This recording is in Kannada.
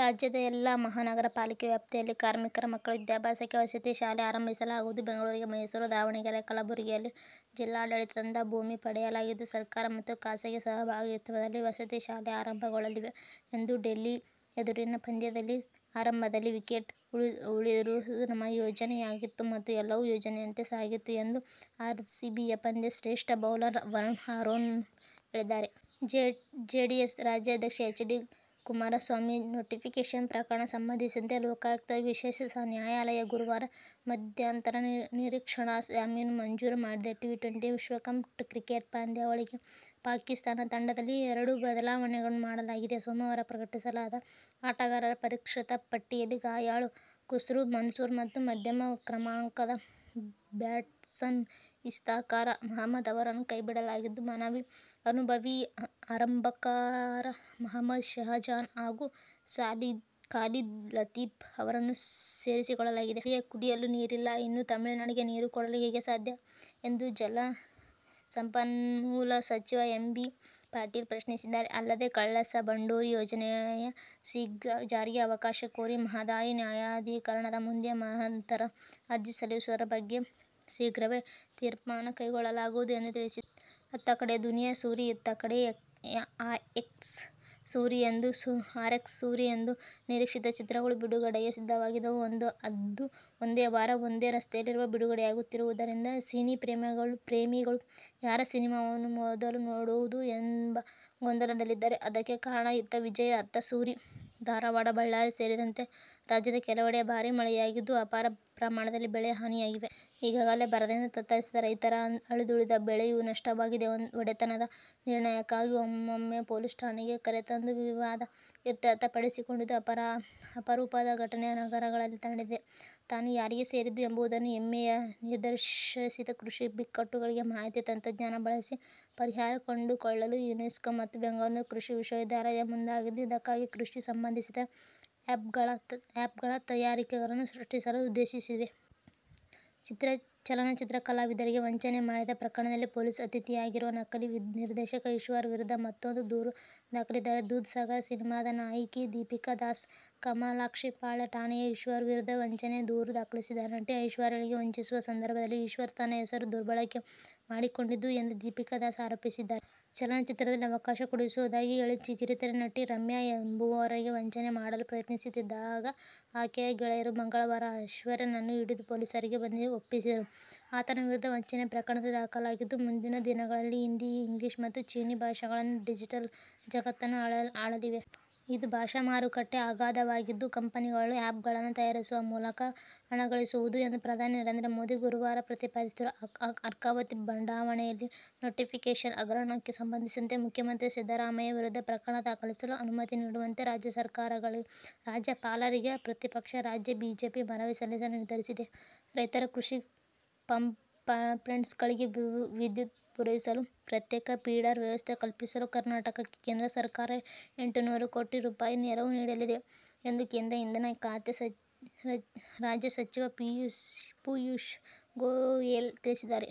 ರಾಜ್ಯದ ಎಲ್ಲ ಮಹಾನಗರ ಪಾಲಿಕೆ ವ್ಯಾಪ್ತಿಯಲ್ಲಿ ಕಾರ್ಮಿಕರ ಮಕ್ಕಳ ವಿದ್ಯಾಭ್ಯಾಸಕ್ಕೆ ವಸತಿ ಶಾಲೆ ಆರಂಭಿಸಲಾಗುವುದು. ಬೆಂಗಳೂರು, ಮೈಸೂರು, ದಾವಣಗೆರೆ, ಕಲಬುರಗಿಯಲ್ಲಿ ಜಿಲ್ಲಾಡಳಿತದಿಂದ ಭೂಮಿ ಪಡೆಯಲಾಗಿದ್ದು, ಸರ್ಕಾರ ಮತ್ತು ಖಾಸಗಿ ಸಹಭಾಗಿತ್ವದಲ್ಲಿ ವಸತಿ ಶಾಲೆ ಆರಂಭಗೊಳ್ಳಲಿವೆ ಎಂದರು. ಡೆಲ್ಲಿ ಎದುರಿನ ಪಂದ್ಯದಲ್ಲಿ ಆರಂಭದಲ್ಲೇ ವಿಕೆಟ್ ಉರುಳಿಸುವುದು ನಮ್ಮ ಯೋಜನೆಯಾಗಿತ್ತು, ಮತ್ತು ಎಲ್ಲವೂ ಯೋಜನೆಯಂತೆ ಸಾಗಿತು ಎಂದು ಆರ್ಸಿಬಿಯ ಪಂದ್ಯಶ್ರೇಷ್ಠ ಬೌಲರ್ ವರುಣ್ ಆರೋನ್ ಹೇಳಿದ್ದಾರೆ. ಜೆಡಿಎಸ್ ರಾಜ್ಯಾಧ್ಯಕ್ಷ ಎಚ್. ಡಿ. ಕುಮಾರಸ್ವಾಮಿಗೆ ಡಿನೋಟಿಫಿಕೇಶನ್ ಪ್ರಕರಣಕ್ಕೆ ಸಂಬಂಧಿಸಿದಂತೆ ಲೋಕಾಯುಕ್ತ ವಿಶೇಷ ನ್ಯಾಯಾಲಯ ಗುರುವಾರ ಮಧ್ಯಂತರ ನಿರೀಕ್ಷಣಾ ಜಾಮೀನು ಮಂಜೂರು ಮಾಡಿದೆ. ಟಿ-ಟ್ವೆಂಟಿ ವಿಶ್ವಕಪ್ ಕ್ರಿಕೆಟ್ ಪಂದ್ಯಾವಳಿಗೆ ಪಾಕಿಸ್ತಾನ ತಂಡದಲ್ಲಿ ಎರಡುಬದಲಾವಣೆಗಳನ್ನು ಮಾಡಿಕೊಳ್ಳಲಾಗಿದೆ. ಸೋಮವಾರ ಪ್ರಕಟಿಸಲಾದ ಆಟಗಾರರ ಪರಿಷ್ಕೃತ ಪಟ್ಟಿಯಲ್ಲಿ ಗಾಯಾಳು ಖುರ್ರಂ ಮನ್ಸೂರ್ ಮತ್ತು ಮಧ್ಯಮ ಕ್ರಮಾಂಕದ ಬ್ಯಾಟ್ಸ್ಮನ್ ಇಫ್ತಿಕಾರ್ ಅಹ್ಮದ್ ಅವರನ್ನು ಕೈಬಿಡಲಾಗಿದ್ದು, ಅನುಭವಿ ಆರಂಭಕಾರ ಅಹ್ಮದ್ ಶೆಹಜಾದ್ ಹಾಗೂ ಖಾಲಿದ್ ಲತೀಫ್ ಅವರನ್ನು ಸೇರಿಸಿಕೊಳ್ಳಲಾಗಿದೆ. ನಮ್ಮಲ್ಲಿಯೇ ಕುಡಿಯಲು ನೀರಿಲ್ಲ. ಇನ್ನು ತಮಿಳುನಾಡಿಗೆ ನೀರು ಕೊಡಲು ಹೇಗೆ ಸಾಧ್ಯ ಎಂದು ಜಲ ಸಂಪನ್ಮೂಲ ಸಚಿವ ಎಂ. ಬಿ. ಪಾಟೀಲ್ ಪ್ರಶ್ನಿಸಿದ್ದಾರೆ. ಅಲ್ಲದೆ, ಕಳಸಾ ಬಂಡೂರಿ ಯೋಜನೆಯ ಶೀಘ್ರ ಜಾರಿಗೆ ಅವಕಾಶ ಕೋರಿ ಮಹದಾಯಿ ನ್ಯಾಯಾಧಿಕರಣದ ಮುಂದೆ ಮಧ್ಯಂತರ ಅರ್ಜಿ ಸಲ್ಲಿಸುವು ದರ ಬಗ್ಗೆ ಶೀಘ್ರವೇ ತೀರ್ಮಾನ ಕೈಗೊಳ್ಳಲಾಗುವುದು ಎಂದು ತಿಳಿಸಿದ್ದಾರೆ. ಅತ್ತ ಕಡೆ ದುನಿಯಾ ಸೂರಿ, ಇತ್ತ ಕಡೆ ಆರ್ಎಕ್ಸ್ ಸೂರಿ ಎರಡೂ ನಿರೀಕ್ಷಿತ ಚಿತ್ರಗಳು ಬಿಡುಗಡೆಗೆ ಸಿದ್ಧವಾಗಿದ್ದವು. ಅದು ಒಂದೇ ವಾರ, ಒಂದೇ ರಸ್ತೆಯಲ್ಲಿರುವ ಬಿಡುಗಡೆಯಾಗುತ್ತಿರುವುದರಿಂದ ಸಿನಿಪ್ರೇಮಿಗಳು ಯಾವ ಸಿನಿಮಾವನ್ನು ಮೊದಲು ನೋಡೋದು ಎಂಬ ಗೊಂದಲದಲ್ಲಿದ್ದರು. ಅದಕ್ಕೆ ಕಾರಣ ಇತ್ತ ವಿಜಯ್ ಅತ್ತ ಸೂರಿ. ಧಾರವಾಡ, ಬಳ್ಳಾರಿ ಸೇರಿದಂತೆ ರಾಜ್ಯದ ಕೆಲವೆಡೆ ಭಾರಿ ಮಳೆಯಾಗಿದ್ದು, ಅಪಾರ ಪ್ರಮಾಣದಲ್ಲಿ ಬೆಳೆ ಹಾನಿಯಾಗಿದೆ. ಈಗಾಗಲೇ ಬರದಿಂದ ತತ್ತರಿಸಿದ್ದ ರೈತರ ಅಳಿದುಳಿದ ಬೆಳೆಯೂ ನಷ್ಟವಾಗಿದೆ. ಒಡೆತನದ ನಿರ್ಣಯಕ್ಕಾಗಿ ಎಮ್ಮೆಯನ್ನು ಪೊಲೀಸ್ ಠಾಣೆಗೆ ಕರೆತಂದು ವಿವಾದ ಇತ್ಯರ್ಥಪಡಿಸಿಕೊಂಡ ಅಪರೂಪದ ಘಟನೆ ನಗರದಲ್ಲಿ ನಡೆದಿದೆ. ತಾನು ಯಾರಿಗೆ ಸೇರಿದ್ದು ಎಂಬುದನ್ನು ಎಮ್ಮೆಯೇ ನಿರ್ಧರಿಸಿದೆ ಕೃಷಿ ಬಿಕ್ಕಟ್ಟುಗಳಿಗೆ ಮಾಹಿತಿ ತಂತ್ರಜ್ಞಾನ ಬಳಸಿ ಪರಿಹಾರ ಕಂಡುಕೊಳ್ಳಲು ಯುನೆಸ್ಕೊ ಮತ್ತು ಬೆಂಗಳೂರು ಕೃಷಿ ವಿಶ್ವವಿದ್ಯಾಲಯ ಮುಂದಾಗಿದ್ದು, ಇದಕ್ಕಾಗಿ ಕೃಷಿ ಸಂಬಂಧಿತ ಆ್ಯಪ್ಗ್ಳ ತಯಾರಕರನ್ನು ಸೃಷ್ಟಿಸಲು ಉದ್ದೇಶಿಸಿವೆ. ಚಲನಚಿತ್ರ ಕಲಾವಿದರಿಗೆ ವಂಚನೆ ಮಾಡಿದ ಪ್ರಕರಣದಲ್ಲಿ ಪೊಲೀಸರ ಅತಿಥಿಯಾಗಿರುವ ನಕಲಿ ನಿರ್ದೇಶಕ ಈಶ್ವರ್ ವಿರುದ್ಧ ಮತ್ತೂಂದು ದೂರು ದಾಖಲಾಗಿದೆ. ದೂದ್ ಸಾಗರ್ ಸಿನಿಮಾದ ನಾಯಕಿ ದೀಪಿಕಾ ದಾಸ್ ಕಾಮಾಕ್ಷಿಪಾಳ್ಯ ಠಾಣೆಯಲ್ಲಿ ಈಶ್ವರ್ ವಿರುದ್ಧ ವಂಚನೆ ದೂರು ದಾಖಲಿಸಿದ್ದಾರೆ. ನಟಿ ಐಶ್ವರ್ಯಳಿಗೆ ವಂಚಿಸುವ ಸಂದರ್ಭದಲ್ಲಿ ಈಶ್ವರ್ ತನ್ನ ಹೆಸರು ದುರ್ಬಳಕೆ ಮಾಡಿಕೊಂಡಿದ್ದ ಎಂದು ದೀಪಿಕಾ ದಾಸ್ ಆರೋಪಿಸಿದ್ದಾರೆ. ಚಲನಚಿತ್ರದಲ್ಲಿ ಅವಕಾಶ ಕೊಡಿಸುವುದಾಗಿ ಹೇಳಿ ಕಿರುತೆರೆ ನಟಿ ರಮ್ಯಾ ಎಂಬುವರಿಗೆ ವಂಚನೆ ಮಾಡಲು ಯತ್ನಿಸುತ್ತಿದ್ದಾಗ ಆಕೆಯ ಗೆಳೆಯರು ಮಂಗಳವಾರ ಈಶ್ವರ್ನನ್ನು ಹಿಡಿದು ಪೊಲೀಸರಿಗೆ ಒಪ್ಪಿಸಿದ್ದರು. ಆತನ ವಿರುದ್ಧ ವಂಚನೆ ಪ್ರಕರಣ ದಾಖಲಾಗಿತ್ತು. ಮುಂದಿನ ದಿನಗಳಲ್ಲಿ ಹಿಂದಿ, ಇಂಗ್ಲಿಷ್ ಮತ್ತು ಚೀನೀ ಭಾಷೆಗಳು ಡಿಜಿಟಲ್ ಜಗತ್ತನ್ನು ಆಳಲಿವೆ. ಇಂದು ಭಾಷಾ ಮಾರುಕಟ್ಟೆ ಅಗಾಧವಾಗಿದ್ದು, ಕಂಪನಿಗಳು ಆ್ಯಪ್ಗ್ಳನ್ನು ತಯಾರಿಸುವ ಮೂಲಕ ಹಣಗಳಿಸಬಹುದು ಎಂದು ಪ್ರಧಾನಿ ನರೇಂದ್ರ ಮೋದಿ ಗುರುವಾರ ಪ್ರತಿಪಾದಿದರು. ಅರ್ಕಾವತಿ ಬಡಾವಣೆಯ ಡಿನೋಟಿಫಿಕೇಶನ್ ಹಗರಣಕ್ಕೆ ಸಂಬಂಧಿಸಿದಂತೆ ಮುಖ್ಯಮಂತ್ರಿ ಸಿದ್ದರಾಮಯ್ಯ ವಿರುದ್ಧ ಪ್ರಕರಣ ದಾಖಲಿಸಲು ಅನುಮತಿ ನೀಡುವಂತೆ ರಾಜ್ಯಪಾಲರಿಗೆ ಪ್ರತಿಪಕ್ಷ ರಾಜ್ಯ ಬಿಜೆಪಿ ಮನವಿ ಸಲ್ಲಿಸಲು ನಿರ್ಧರಿಸಿದೆ. ರೈತರ ಕೃಷಿ ಪಂಪ್ಸೆಟ್ಗಳಿಗೆ ವಿದ್ಯುತ್ ಪೂರೈಸಲು ಪ್ರತ್ಯೇಕ ಫೀಡರ್ ವ್ಯವಸ್ಥೆ ಕಲ್ಪಿಸಲು ಕರ್ನಾಟಕಕ್ಕೆ ಕೇಂದ್ರ ಸರ್ಕಾರ ಎಂಟುನೂರು ಕೋಟಿ ರೂಪಾಯಿ ನೆರವು ನೀಡಲಿದೆ ಎಂದು ಕೇಂದ್ರ ಇಂಧನ ಖಾತೆ ರಾಜ್ಯ ಸಚಿವ ಪೀಯೂಶ್ ಗೋಯೆಲ್ ತಿಳಿಸಿದ್ದಾರೆ.